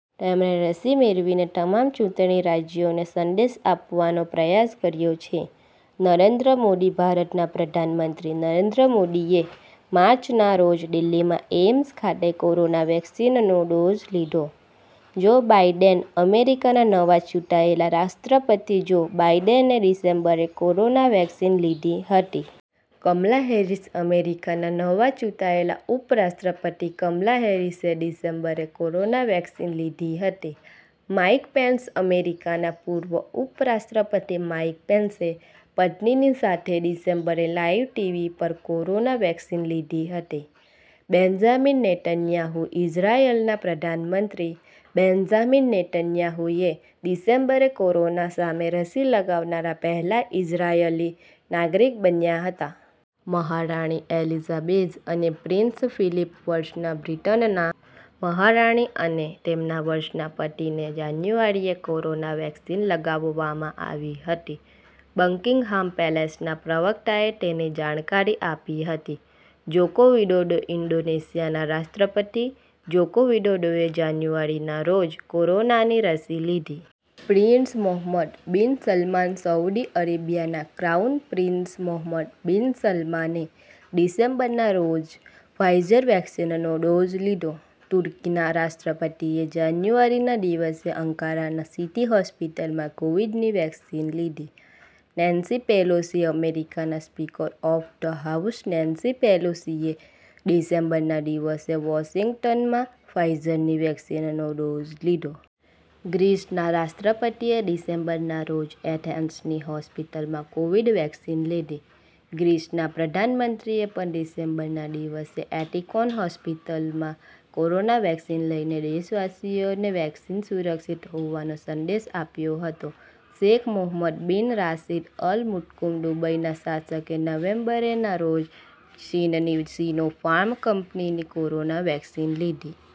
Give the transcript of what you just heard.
તેમણે રસી મેળવીને તમામ ચૂંટણી રાજ્યોને સંદેશ આપવાનો પ્રયાસ કર્યો છે.. નરેન્દ્ર મોદી ભારતના પ્રધાનમંત્રી નરેન્દ્ર મોદી એ માર્ચ ના રોજ દિલ્લીમાં એઈમ્સ ખાતે કોરોના વેક્સીનનો ડોઝ લીધો.. જો બાઈડેન અમેરિકાના નવા ચૂંટાયેલા રાષ્ટ્રપતિ જો બાઈડેને ડિસેમ્બરે કોરોના વેક્સીન લીધી હતી.. કમલા હેરિસ અમેરિકાના નવા ચૂંટાયેલા ઉપરાષ્ટ્રપતિ કમલા હેરિસે ડિસેમ્બરે કોરોના વેક્સીન લીધી હતી.. માઈક પેન્સ અમેરિકાના પૂર્વ ઉપરાષ્ટ્રપતિ માઈક પેન્સે પત્નીની સાથે ડિસેમ્બરે લાઈવ ટીવી પર કોરોના વેક્સીન લીધી હતી.. બેન્ઝામીન નેતન્યાહૂ ઈઝરાયલના પ્રધાનમંત્રી બેન્ઝામીન નેતન્યાહૂએ ડિસેમ્બરે કોરોના સામે રસી લગાવનારા પહેલા ઈઝરાયલી નાગરિક બન્યા હતા.. મહારાણી એલિઝાબેઝ અને પ્રિન્સ ફિલિપ વર્ષના બ્રિટનના મહારાણી અને તેમના વર્ષના પતિને જાન્યુઆરીએ કોરોના વેક્સીન લગાવવામાં આવી હતી. બકિંગહામ પેલેસના પ્રવક્તાએ તેની જાણકારી આપી હતી.. જોકો વિડોડો ઈન્ડોનેશિયાના રાષ્ટ્રપતિ જોકો વિડોડોએ જાન્યુઆરી ના રોજ કોરોનાની રસી લીધી.. prince Mohammed bin Salman Saudi અરેબિયાના ક્રાઉન પ્રિન્સ મોહમ્મદ બિન સલમાને ડિસેમ્બર ના રોજ ફાઈઝર વેક્સીનનો ડોઝ લીધો.. તુર્કીના રાષ્ટ્રપતિએ જાન્યુઆરી ના દિવસે અંકારાના સિટી હોસ્પિટલમાં કોવિડ- ની વેક્સીન લીધી.. નેન્સી પેલોસી અમેરિકાના speaker of the house Nancy પેલોસીએ ડિસેમ્બર ના દિવસે વોશિંગ્ટનમાં ફાઈઝરની વેક્સીનનો ડોઝ લીધો.. ગ્રીસના રાષ્ટ્રપતિએ ડિસેમ્બર ના રોજ એથેન્સની હોસ્પિટલમાં કોવિડ- વેક્સીન લીધી.. ગ્રીસના પ્રધાનમંત્રીએ પણ ડિસેમ્બરના દિવસે એટિકોન હોસ્પિટલમાં કોરોના વેક્સીન લઈને દેશવાસીઓને વેક્સીન સુરક્ષિત હોવાનો સંદેશ આપ્યો હતો.. શેખ મોહમ્મદ બિન રાશિદ અલ મુત્કુમ દુબઈના શાસકે નવેમ્બરે ના રોજ ચીનની સિનોફાર્મ કંપનીની કોરોના વેક્સીન લીધી.